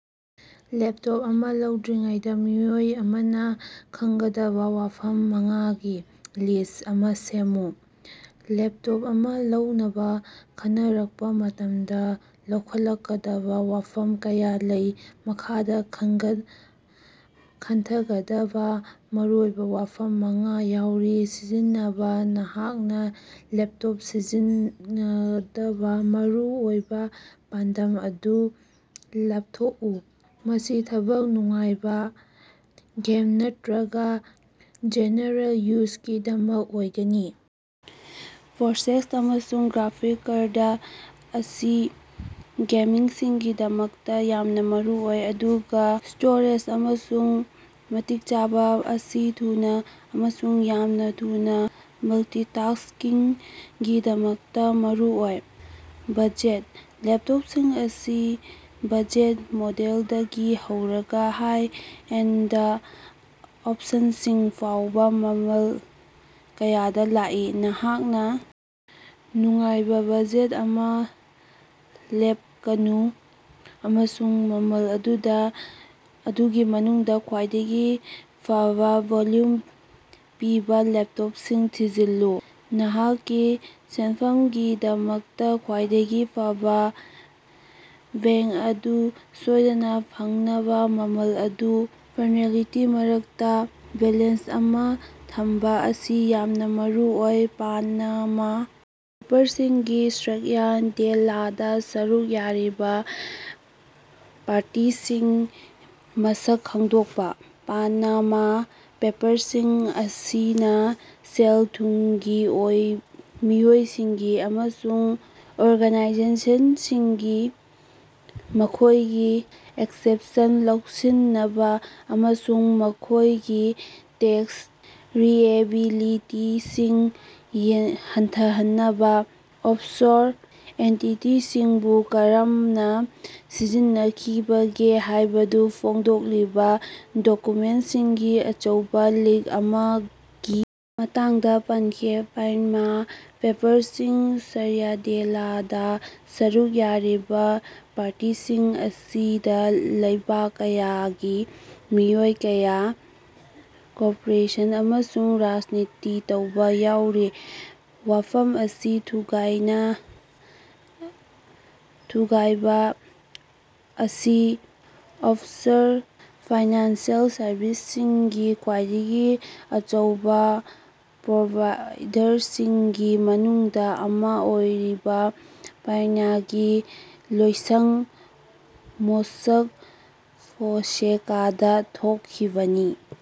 Laptop ꯑꯃꯥ ꯂꯧꯗ꯭ꯔꯤꯉꯩꯗꯥ ꯃꯤꯑꯣꯏ ꯑꯃꯅ ꯈꯪꯒꯗꯕ ꯋꯥꯐꯝ ꯃꯉꯥꯒꯤ ꯂꯤꯁ꯭ꯠ ꯑꯃ ꯁꯦꯝꯃꯨ꯫ ꯂꯦꯞꯇꯣꯞ ꯑꯃ ꯂꯧꯅꯕ ꯈꯟꯅꯔꯛꯄ ꯃꯇꯝꯗ ꯂꯧꯈꯠꯂꯛꯀꯗꯕ ꯋꯥꯐꯝ ꯀꯌꯥ ꯂꯩ꯫ ꯃꯈꯥꯗ ꯈꯟꯊꯒꯗꯕ ꯃꯔꯨꯑꯣꯏꯕ ꯋꯥꯐꯝ ꯃꯉꯥ ꯌꯥꯎꯔꯤ ꯁꯤꯖꯤꯟꯅꯕ ꯅꯍꯥꯛꯅ ꯂꯦꯄꯇꯣꯞ ꯁꯤꯖꯤꯟꯉꯗꯕ ꯃꯔꯨꯑꯣꯏꯕ ꯄꯥꯟꯗꯝ ꯑꯗꯨ ꯂꯦꯞꯊꯣꯛꯎ꯫ ꯃꯁꯤ ꯊꯕꯛ, ꯅꯨꯡꯉꯥꯏꯕ, ꯒꯦꯃꯤꯡ ꯅꯠꯇꯔꯒ ꯖꯦꯅꯦꯔꯦꯜ ꯌꯨꯖꯒꯤꯗꯃꯛ ꯑꯣꯏꯒꯅꯤ? ꯄ꯭ꯔꯣꯁꯦꯁꯔ ꯑꯃꯁꯨꯡ ꯒ꯭ꯔꯥꯐꯤꯛꯁ ꯀꯥꯔꯗ ꯑꯁꯤ ꯒꯦꯃꯤꯡꯒꯤꯗꯃꯛꯇ ꯌꯥꯝꯅ ꯃꯔꯨꯑꯣꯏ, ꯑꯗꯨꯒ ꯁ꯭ꯇꯣꯔꯦꯖ ꯑꯃꯁꯨꯡ ꯃꯇꯤꯛ ꯆꯥꯕ ꯑꯁꯤ ꯊꯨꯅ ꯑꯃꯁꯨꯡ ꯌꯥꯝꯅ ꯊꯨꯅ ꯃꯜꯇꯤꯇꯥ꯭ꯁꯀꯤꯡꯒꯤꯗꯃꯛꯇ ꯃꯔꯨꯑꯣꯏ꯫ ꯕꯖꯦꯠ: ꯂꯦꯞꯇꯣꯞꯁꯤꯡ ꯑꯁꯤ ꯕꯖꯦꯠ ꯃꯣꯗꯦꯜꯗꯒꯤ ꯍꯧꯔꯒ ꯍꯥꯏ-ꯑꯦꯟꯗ ꯑꯣꯞꯁꯟꯁꯤꯡ ꯐꯥꯎꯕ ꯃꯃꯜ ꯀꯌꯥꯗ ꯂꯥꯛꯏ꯫ ꯅꯍꯥꯛꯅ ꯅꯨꯡꯉꯥꯏꯕ ꯕꯖꯦꯠ ꯑꯃ ꯂꯦꯞꯀꯅꯨ, ꯑꯃꯁꯨꯡ ꯃꯃꯜ ꯑꯗꯨꯗ ꯑꯗꯨꯒꯤ ꯃꯅꯨꯡꯗ ꯈ꯭ꯋꯥꯏꯗꯒꯤ ꯐꯕ ꯚꯣꯜꯌꯨꯝ ꯄꯤꯕ ꯂꯦꯞꯇꯣꯞꯁꯤꯡ ꯊꯤꯖꯤꯜꯂꯨ꯫ ꯅꯍꯥꯛꯀꯤ ꯁꯦꯟꯐꯝꯒꯤꯗꯃꯛꯇ ꯈ꯭ꯋꯥꯏꯗꯒꯤ ꯐꯕ ꯕꯦꯡ ꯑꯗꯨ ꯁꯣꯏꯗꯅ ꯐꯪꯍꯟꯅꯕ ꯃꯃꯜ ꯑꯃꯁꯨꯡ ꯐ꯭ꯪꯁꯅꯦꯂꯤꯇꯤꯒꯤ ꯃꯔꯛꯇ ꯕꯦꯂꯦꯟꯁ ꯑꯃ ꯊꯝꯕ ꯑꯁꯤ ꯌꯥꯝꯅ ꯃꯔꯨꯑꯣꯏ꯫ ꯄꯅꯃꯥ ꯄꯦꯄ꯭ꯔꯁꯤꯡꯒꯤ ꯁ꯭ꯛꯌꯥꯟꯗꯦꯂꯗꯥ ꯁꯔꯨꯛ ꯌꯥꯔꯤꯕ ꯄꯥꯔꯇꯤꯁꯤꯡ ꯃꯁꯛ ꯈꯪꯗꯣꯛꯄ꯫ ꯄꯅꯃꯥ ꯄꯦꯄ꯭ꯔꯁꯤꯡ ꯑꯁꯤꯅ ꯁꯦꯜ ꯊꯨꯝꯒꯤ ꯃꯤꯑꯣꯏꯁꯤꯡ ꯑꯃꯁꯨꯡ ꯑꯣꯔꯒꯅꯥꯏꯖꯦꯁꯟꯁꯤꯡꯅ ꯃꯈꯣꯏꯒꯤ ꯑꯦꯁꯦꯠꯁꯤꯡ ꯂꯣꯠꯁꯤꯟꯅꯕꯥ ꯑꯃꯁꯨꯡ ꯃꯈꯣꯏꯒꯤ ꯇꯦꯛꯁ ꯂꯤꯑꯦꯕꯤꯂꯤꯇꯤꯁꯤꯡ ꯍꯟꯊꯍꯟꯅꯕ ꯑꯣꯐꯁꯣꯔ ꯑꯦꯟꯇꯤꯇꯤꯁꯤꯡꯕꯨ ꯀꯔꯝꯅ ꯁꯤꯖꯤꯟꯅꯈꯤꯕꯒꯦ ꯍꯥꯏꯕꯗꯨ ꯐꯣꯡꯗꯣꯛꯂꯤꯕ ꯗꯣꯀꯨꯃꯦꯟꯠꯁꯤꯡꯒꯤ ꯑꯆꯧꯕ ꯂꯤꯛ ꯑꯃꯒꯤ ꯃꯇꯥꯡꯗ ꯄꯟꯈꯤ꯫ ꯄꯅꯃꯥ ꯄꯦꯄ꯭ꯔꯁꯤꯡꯒꯤ ꯁ꯭ꯛꯌꯥꯟꯗꯦꯂꯗꯥ ꯁꯔꯨꯛ ꯌꯥꯔꯤꯕ ꯄꯥꯔꯇꯤꯁꯤꯡ ꯑꯁꯤꯗ ꯂꯩꯕꯥꯛ ꯀꯌꯥꯒꯤ ꯃꯤꯑꯣꯏ ꯀꯌꯥ, ꯀꯣꯔꯄꯣꯔꯦꯁꯟꯁꯤꯡ ꯑꯃꯁꯨꯡ ꯔꯥꯖꯅꯤꯇꯤ ꯇꯧꯕꯁꯤꯡ ꯌꯥꯎꯔꯤ꯫ ꯋꯥꯐꯝ ꯑꯁꯤ ꯊꯨꯒꯥꯏꯕ ꯑꯁꯤ ꯑꯣꯐꯁꯣꯔ ꯐꯥꯏꯅꯥꯟꯁꯤꯑꯦꯜ ꯁꯔꯕꯤꯁꯁꯤꯡꯒꯤ ꯈ꯭ꯋꯥꯏꯗꯒꯤ ꯆꯥꯎꯕ ꯄ꯭ꯔꯣꯚꯥꯏꯗꯔꯁꯤꯡꯒꯤ ꯃꯅꯨꯡꯗ ꯑꯃ ꯑꯣꯏꯔꯤꯕ ꯄꯅꯃꯥꯒꯤ ꯂꯣꯏꯁꯪ ꯃꯣꯁꯥꯛ ꯐꯣꯟꯁꯦꯀꯥꯗ ꯊꯣꯛꯈꯤꯕꯅꯤ꯫